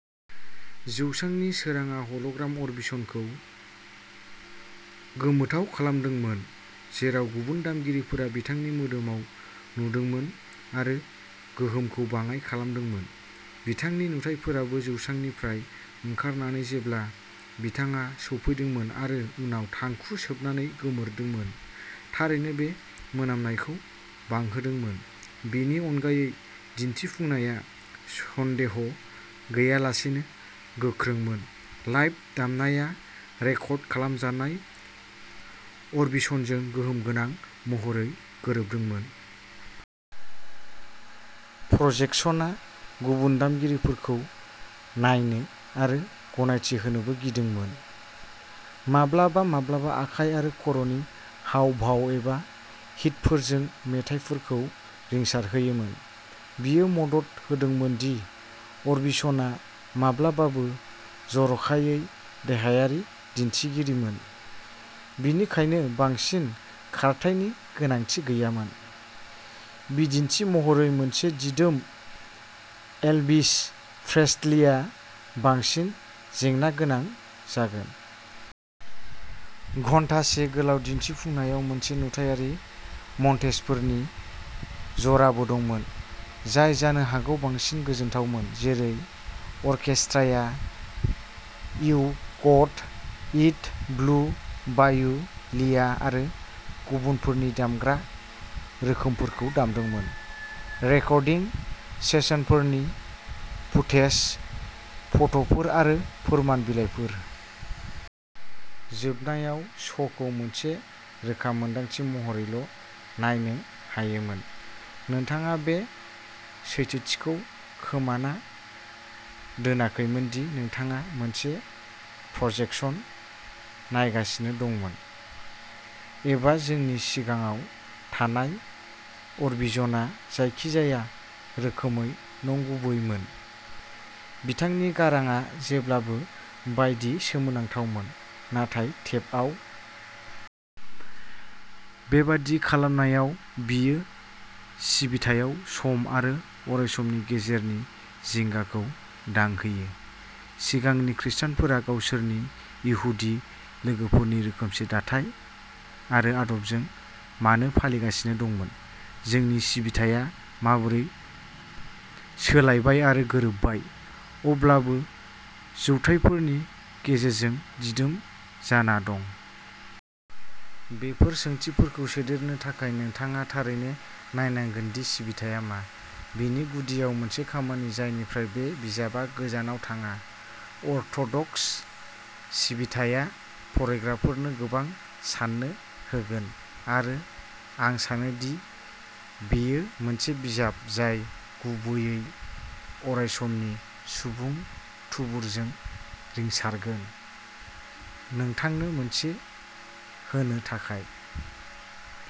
जौसांनि सोरांआ हल'ग्राम अरबिसनखौ गोमोथाव खालामदोंमोन, जेराव गुबुन दामगिरिफोरा बिथांनि मोदोमाव नुदोंमोन आरो गोहोमखौ बाङाइ खालामदोंमोन। बिथांनि नुथाइफोराबो जौसांनिफ्राय ओंखारनानै जेब्ला बिथाङा सौफैदोंमोन आरो उनाव थांखु सोबनानै गोमोरदोंमोन थारैनो बे मोनामनायखौ बांहोदोंमोन। बेनि अनगायै, दिन्थिफुंनाया सन्देह गैयालासेनो गोख्रोंमोन, लाइभ दामनाया रेकर्ड खालामजानाय अरबिसनजों गोहोम गोनां महरै गोरोबदोंमोन। प्रजेकसनआ गुबुन दामगिरिफोरखौ नायनो आरो गनायथि होनोबो गिदिङोमोन, माब्लाबा माब्लाबा आखाइ आरो खर'नि हाव भाव एबा हिटफोरजों मेथाइफोरखौ रिंसारहोयोमोन। बेयो मदद होदोंमोन दि अरबिसनआ माब्लाबाबो जर'खायै देहायारि दिन्थिगिरिमोन, बेनिखायनो बांसिन खारथायनि गोनांथि गैयामोन, बिदिन्थि महरै, मोनसे दिदोम एल्विस प्रेस्लीआ बांसिन जेंना गोनां जागोन। घन्टासे गोलाव दिन्थिफुंनायाव मोनसे नुथायारि मन्टेजफोरनि जराबो दंमोन जाय जानो हागौ बांसिन गोजोनथावमोन, जेरै अर्केस्ट्राया you got it, blue bayou, लिया आरो गुबुनफोरनि दामग्रा रोखोमफोरखौ दामदोंमोन, रेकर्डिं सेसनफोरनि फुटेज, फट'फोर आरो फोरमान बिलाइफोर। जोबनायाव, श'खौ मोनसे रोखा मोन्दांथि महरैल' नायनो हायोमोन। नोंथाङा बे सैथोथिखौ खोमाना दोन्नाखैमोन दि नोंथाङा मोनसे प्रजेकसन नायगासिनो दंमोन एबा जोंनि सिगाङाव थानाय अरबिजनआ जायखिजाया रोखोमै नंगुबै मोन। बिथांनि गारांआ जेब्लाबो बायदि सोमोनांथावमोन नाथाय टेपआव। बेबादि खालामनायाव, बेयो सिबिथायाव सम आरो अरायसमनि गेजेरनि जिंगाखौ दांहोयो। सिगांनि खृस्टानफोरा गावसोरनि इहुदि लोगोफोरनि रोखोमसे दाथाय आरो आदबजों मानो फालिगासिनो दंमोन? जोंनि सिबिथाया माबोरै सोलायबाय आरो गोरोबबाय, अब्लाबो जौथायफोरनि गेजेरजों दिदोम जाना दं? बेफोर सोंथिफोरखौ सोदेरनो थाखाय, नोंथाङा थारैनो नायनांगोन दि सिबिथाया मा, बेनि गुदियाव मोनसे खामानि जायनिफ्राय बे बिजाबआ गोजानाव थाङा। अर्थ'डक्स सिबिथाया फरायग्राफोरनो गोबां साननो होगोन आरो आं सानोदि बेयो मोनसे बिजाब जाय गुबैयै अरायसमनि सुबुं थुबुरजों रिंसारगोन। नोंथांनो मोनसे होनो थाखाय।